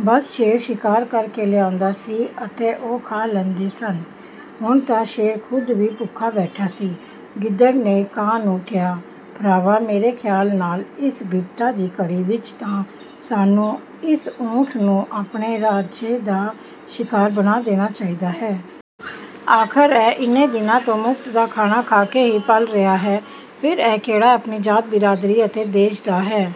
ਬੱਸ ਸ਼ੇਰ ਸ਼ਿਕਾਰ ਕਰ ਕੇ ਲਿਆਉਂਦਾ ਸੀ ਅਤੇ ਉਹ ਖਾ ਲੈਂਦੇ ਸਨ। ਹੁਣ ਤਾਂ ਸ਼ੇਰ ਖ਼ੁਦ ਵੀ ਭੁੱਖਾ ਬੈਠਾ ਸੀ। ਗਿੱਦੜ ਨੇ ਕਾਂ ਨੂੰ ਕਿਹਾ, ''ਭਰਾਵਾ, ਮੇਰੇ ਖਿਆਲ ਨਾਲ ਇਸ ਬਿਪਤਾ ਦੀ ਘੜੀ ਵਿੱਚ ਤਾਂ ਸਾਨੂੰ ਇਸ ਊਠ ਨੂੰ ਆਪਣੇ ਰਾਜੇ ਦਾ ਸ਼ਿਕਾਰ ਬਣਾ ਦੇਣਾ ਚਾਹੀਦਾ ਹੈ। ਆਖ਼ਰ ਇਹ ਇੰਨੇ ਦਿਨਾਂ ਤੋਂ ਮੁਫ਼ਤ ਦਾ ਖਾਣਾ ਖਾ ਕੇ ਹੀ ਪਲ ਰਿਹਾ ਹੈ। ਫਿਰ ਇਹ ਕਿਹੜਾ ਆਪਣੀ ਜਾਤ, ਬਿਰਾਦਰੀ ਅਤੇ ਦੇਸ਼ ਦਾ ਹੈ।''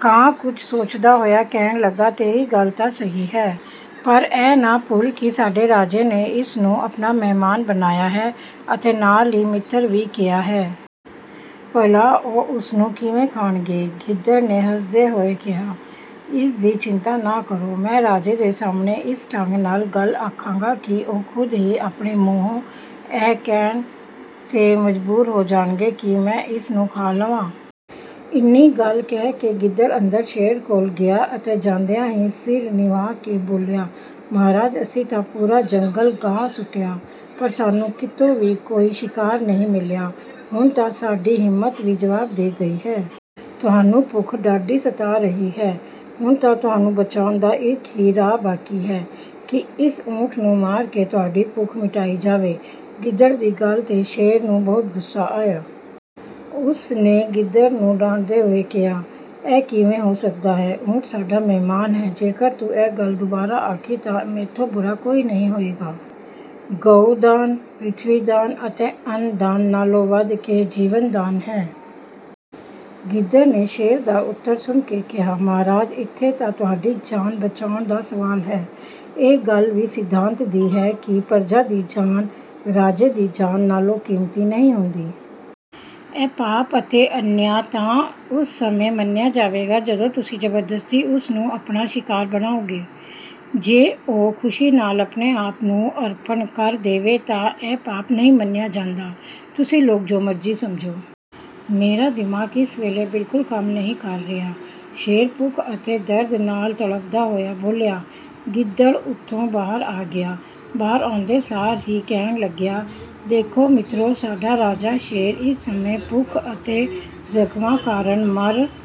ਕਾਂ ਕੁਝ ਸੋਚਦਾ ਹੋਇਆ ਕਹਿਣ ਲੱਗਾ, ''ਤੇਰੀ ਗੱਲ ਤਾਂ ਸਹੀ ਹੈ, ਪਰ ਇਹ ਨਾ ਭੁੱਲ ਕਿ ਸਾਡੇ ਰਾਜੇ ਨੇ ਇਸ ਨੂੰ ਆਪਣਾ ਮਹਿਮਾਨ ਬਣਾਇਆ ਹੈ ਅਤੇ ਨਾਲ ਹੀ ਮਿੱਤਰ ਵੀ ਕਿਹਾ ਹੈ। ਭਲਾ, ਉਹ ਇਸ ਨੂੰ ਕਿਵੇਂ ਖਾਣਗੇ?'' ਗਿੱਦੜ ਨੇ ਹੱਸਦੇ ਹੋਏ ਕਿਹਾ, ''ਇਹਦੀ ਚਿੰਤਾ ਨਾ ਕਰੋ। ਮੈਂ ਰਾਜੇ ਦੇ ਸਾਹਮਣੇ ਇਸ ਢੰਗ ਨਾਲ ਗੱਲ ਆਖਾਂਗਾ ਕਿ ਉਹ ਖ਼ੁਦ ਹੀ ਆਪਣੇ ਮੂੰਹੋਂ ਇਹ ਕਹਿਣ 'ਤੇ ਮਜਬੂਰ ਹੋ ਜਾਣਗੇ ਕਿ ਮੈਂ ਇਸ ਨੂੰ ਖਾ ਲਵਾਂ।'' ਇੰਨੀ ਗੱਲ ਕਹਿ ਕੇ ਗਿੱਦੜ ਅੰਦਰ ਸ਼ੇਰ ਕੋਲ ਗਿਆ ਅਤੇ ਜਾਂਦਿਆਂ ਹੀ ਸਿਰ ਨਿਵਾ ਕੇ ਬੋਲਿਆ, ''ਮਹਾਰਾਜ, ਅਸੀਂ ਤਾਂ ਪੂਰਾ ਜੰਗਲ ਗਾਹ ਸੁੱਟਿਆ, ਪਰ ਸਾਨੂੰ ਕਿਤੋਂ ਵੀ ਕੋਈ ਸ਼ਿਕਾਰ ਨਹੀਂ ਮਿਲਿਆ। ਹੁਣ ਤਾਂ ਸਾਡੀ ਹਿੰਮਤ ਵੀ ਜਵਾਬ ਦੇ ਗਈ ਹੈ। ਤੁਹਾਨੂੰ ਭੁੱਖ ਡਾਢੀ ਸਤਾ ਰਹੀ ਹੈ। ਹੁਣ ਤਾਂ ਤੁਹਾਨੂੰ ਬਚਾਉਣ ਦਾ ਇੱਕ ਹੀ ਰਾਹ ਬਾਕੀ ਹੈ ਕਿ ਇਸ ਊਠ ਨੂੰ ਮਾਰ ਕੇ ਤੁਹਾਡੀ ਭੁੱਖ ਮਿਟਾਈ ਜਾਵੇ।'' ਗਿੱਦੜ ਦੀ ਗੱਲ 'ਤੇ ਸ਼ੇਰ ਨੂੰ ਬਹੁਤ ਗੁੱਸਾ ਆਇਆ। ਉਸ ਨੇ ਗਿੱਦੜ ਨੂੰ ਡਾਂਟਦੇ ਹੋਏ ਕਿਹਾ, ''ਇਹ ਕਿਵੇਂ ਹੋ ਸਕਦਾ ਹੈ? ਊਠ ਸਾਡਾ ਮਹਿਮਾਨ ਹੈ। ਜੇਕਰ ਤੂੰ ਇਹ ਗੱਲ ਦੁਬਾਰਾ ਆਖੀ ਤਾਂ ਮੈਥੋਂ ਬੁਰਾ ਕੋਈ ਨਹੀਂ ਹੋਵੇਗਾ। ਗਊ ਦਾਨ, ਪ੍ਰਿਥਵੀ ਦਾਨ ਅਤੇ ਅੰਨ ਦਾਨ ਨਾਲੋਂ ਵਧ ਕੇ ਜੀਵਨ ਦਾਨ ਹੈ।'' ਗਿੱਦੜ ਨੇ ਸ਼ੇਰ ਦਾ ਉੱਤਰ ਸੁਣ ਕੇ ਕਿਹਾ, ''ਮਹਾਰਾਜ, ਇੱਥੇ ਤਾਂ ਤੁਹਾਡੀ ਜਾਨ ਬਚਾਉਣ ਦਾ ਸਵਾਲ ਹੈ। ਇਹ ਗੱਲ ਵੀ ਸਿਧਾਂਤ ਦੀ ਹੈ ਕਿ ਪਰਜਾ ਦੀ ਜਾਨ ਰਾਜੇ ਦੀ ਜਾਨ ਨਾਲੋਂ ਕੀਮਤੀ ਨਹੀਂ ਹੁੰਦੀ। ਇਹ ਪਾਪ ਅਤੇ ਅਨਿਆਂ ਤਾਂ ਉਸ ਸਮੇਂ ਮੰਨਿਆ ਜਾਵੇਗਾ ਜਦੋਂ ਤੁਸੀਂ ਜ਼ਬਰਦਸਤੀ ਉਸ ਨੂੰ ਆਪਣਾ ਸ਼ਿਕਾਰ ਬਣਾਓਗੇ। ਜੇ ਉਹ ਖੁਸ਼ੀ ਨਾਲ ਆਪਣੇ-ਆਪ ਨੂੰ ਅਰਪਣ ਕਰ ਦੇਵੇ ਤਾਂ ਇਹ ਪਾਪ ਨਹੀਂ ਮੰਨਿਆ ਜਾਂਦਾ।''''ਤੁਸੀਂ ਲੋਕ ਜੋ ਮਰਜ਼ੀ ਸਮਝੋ। ਮੇਰਾ ਦਿਮਾਗ ਇਸ ਵੇਲੇ ਬਿਲਕੁਲ ਕੰਮ ਨਹੀਂ ਕਰ ਰਿਹਾ।'' ਸ਼ੇਰ ਭੁੱਖ ਅਤੇ ਦਰਦ ਨਾਲ ਤੜਫ਼ਦਾ ਹੋਇਆ ਬੋਲਿਆ। ਗਿੱਦੜ ਉੱਥੋਂ ਬਾਹਰ ਆ ਗਿਆ। ਬਾਹਰ ਆਉਂਦੇ ਸਾਰ ਹੀ ਕਹਿਣ ਲੱਗਿਆ, ''ਦੇਖੋ ਮਿੱਤਰੋ, ਸਾਡਾ ਰਾਜਾ ਸ਼ੇਰ ਇਸ ਸਮੇਂ ਭੁੱਖ ਅਤੇ ਜ਼ਖ਼ਮਾਂ ਕਾਰਨ ਮਰ